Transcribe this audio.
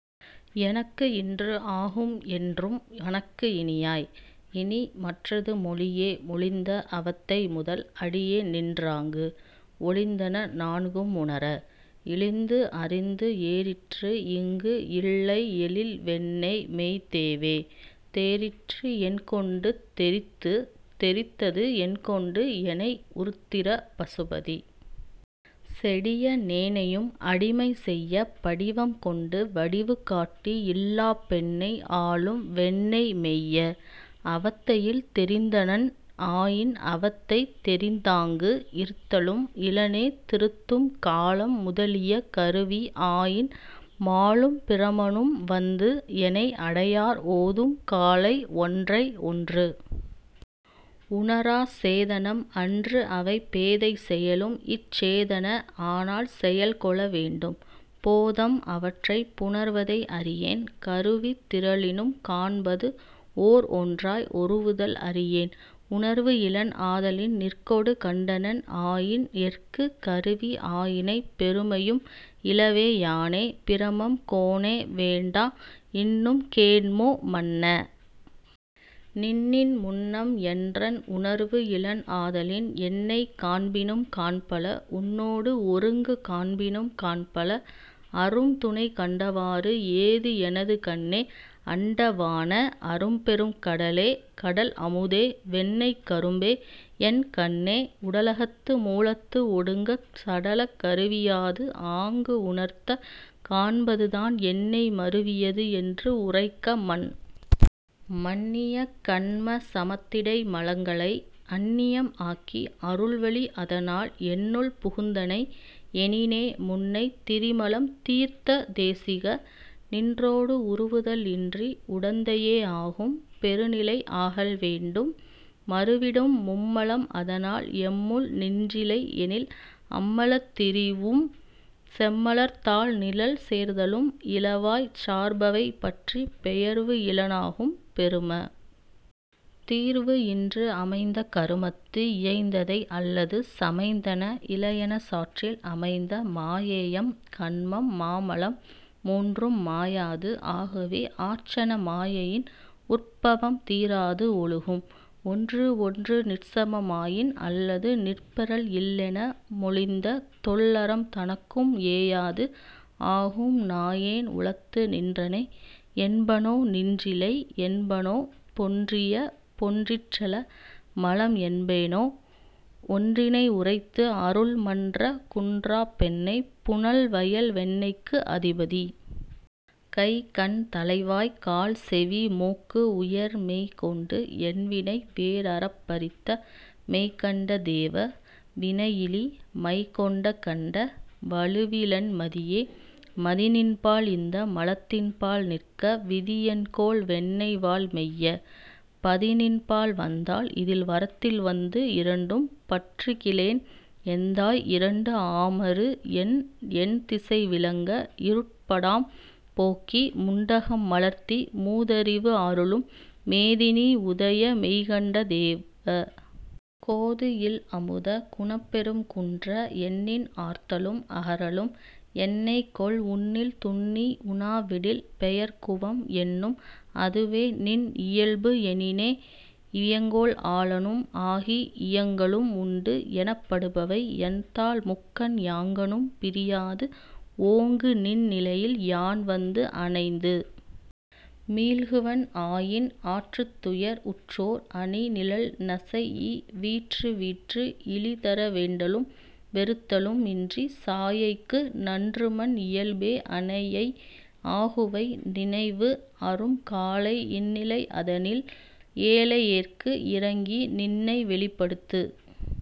எனக்கு இன்று ஆகும் என்றும் மனக்கு இனியாய்! இனி மற்றது மொழியே மொழிந்த அவத்தை முதல் அடியேன் நின்றாங்கு ஒழிந்தன நான்கும் உணர -- இழிந்து அறிந்து ஏறிற்று இங்கு இல்லை எழில் வெண்ணெய் மெய்த்தேவே! தேறிற்று என் கொண்டு தெரித்து. தெரித்தது என் கொண்டு எனை உருத்திர பசுபதி! செடிய னேனையும் அடிமை செய்யப் படிவம் கொண்டு வடிவுகாட்டு இல்லாப் பெண்ணை ஆளும் வெண்ணெய் மெய்ய! அவத்தையில் தெரித்தனன் ஆயின் அவத்தை தெரித்தாங்கு இருத்தலும் இலனே திருத்தும் காலம் முதலிய கருவி ஆயின் மாலும் பிரமனும் வந்து எனை அடையார் ஓதும் காலை ஒன்றை ஒன்று உணரா சேதனம் அன்று அவை பேதைச் செயலும் இச் சேதன ஆனால் செயல் கொள வேண்டும் போதம் அவற்றைப் புணர்வதை அறியேன் கருவித் திரளினும் காண்பது ஓர் ஒன்றாய் ஒருவுதல் அறியேன் உணர்வு இலன் ஆதலின் நிற்கொடு கண்டனன் ஆயின் எற்குக் கருவி ஆயினை பெருமையும் இலவே யானே பிரமம் கோனே வேண்டா இன்னும் கேண்மோ, மன்ன! நின்னின் முன்னம் என்றன் உணர்வு இலன் ஆதலின் என்னைக் காண்பினும் காண்பல உன்னோடு ஒருங்கு காண்பினும் காண்பல அரும்துணை கண்டவாறு ஏது எனது கண்ணே! அண்டவாண! அருட்பெரும் கடலே! கடல் அமுதே! வெண்ணெய்க் கரும்பே! என் கண்ணே! உடலகத்து மூலத்து ஒடுங்கச் -- சடலக் கருவியாது ஆங்கு உணர்த்தக் காண்பதுதான் என்னை மருவியது என்று உரைக்க மன். மன்னிய கன்மச் சமத்திடை மலங்களை அன்னியம் ஆக்கி அருள்வழி அதனால் என்னுள் புகுந்தனை எனினே முன்னைத் திரிமலம் தீர்த்த தேசிக! நின்னோடு உருவுதல் இன்றி உடந்தையே ஆகும் பெருநிலை ஆகல் வேண்டும் மருவிடும் மும்மலம் அதனால் எம்முள் நின்றிலை எனில் அம்மலத் திரிவும் செம்மலர்த் தாள்நிழல் சேர்தலும் இலவாய்ச் சார்பவை பற்றிப் பெயர்வு இலன் ஆகும், பெரும! தீர்வு இன்று அமைந்த கருமத்து இயைந்ததை அல்லது சமைந்தன இலஎனச் சாற்றில் அமைந்த மாயேயம் கன்மம் மாமலம் மூன்றும் மாயாது ஆகவே ஆர்ச்சன மாயையின் உற்பவம் தீராது ஒழுகும் ஒன்று ஒன்று நிற்சமம் ஆயின் அல்லது நிற்பெறல் இல்லென மொழிந்த தொல் அறம் தனக்கும் ஏயாது ஆகும் நாயேன் உளத்து நின்றனை என்பனோ நின்றிலை என்பனோ பொன்றிய பொன்றிற்றில மலம் என்பனோ ஒன்றினை உரைத்து அருள் மன்ற குன்றாப் பெண்ணைப் புனல்வயல் வெண்ணெய்க்கு அதிபதி! கைகண் தலைவாய் கால்செவி மூக்கு உயர் மெய்கொண்டு என்வினை வேர் அறப் பறித்த மெய்கண்ட தேவ! வினையிலி! மைகொண்ட கண்ட! வழுவிலென் மதியே! மதிநின்பால் இந்த மலத்தின்பால் நிற்க விதிஎன்கொல் வெண்ணெய்வாழ் மெய்ய! -- பதிநின்பால் வந்தால் இதில்வரத்தில் வந்து இரண்டும் பற்றுகிலேன் எந்தாய் இரண்டு ஆமாறு என் எண்திசை விளங்க இருட்படாம் போக்கி முண்டகம் மலர்த்தி மூதறிவு அருளும் மேதினி உதய மெய்கண்ட தேவ! கோதுஇல் அமுத! குணப்பெரும் குன்ற! என்னின் ஆர்தலும் அகறலும் என்னைகொல் உன்னில் துன்னி உனாவிடில் பெயர்குவம் என்னும் அதுவே நின் இயல்பு எனினே வியங்கோள் ஆளனும் ஆகி இயங்கலும் உண்டு எனப்படுபவை எண்தாள் முக்கண் யாங்கணும் பிரியாது ஓங்கு நின் நிலையின் யான் வந்து அணைந்து மீள்குவன் ஆயின் ஆற்றுத்துயர் உற்றோர் அணிநிழல் நசைஇ வீற்றுவீற்று இழிதர வேண்டலும் வெறுத்தலும் இன்றிச் சாயைக்கு நன்றுமன் இயல்பே அனையை ஆகுவை நினைவு அரும் காலை இந்நிலை அதனில் ஏழையேற்கு இரங்கி நின்னை வெளிப்படுத்து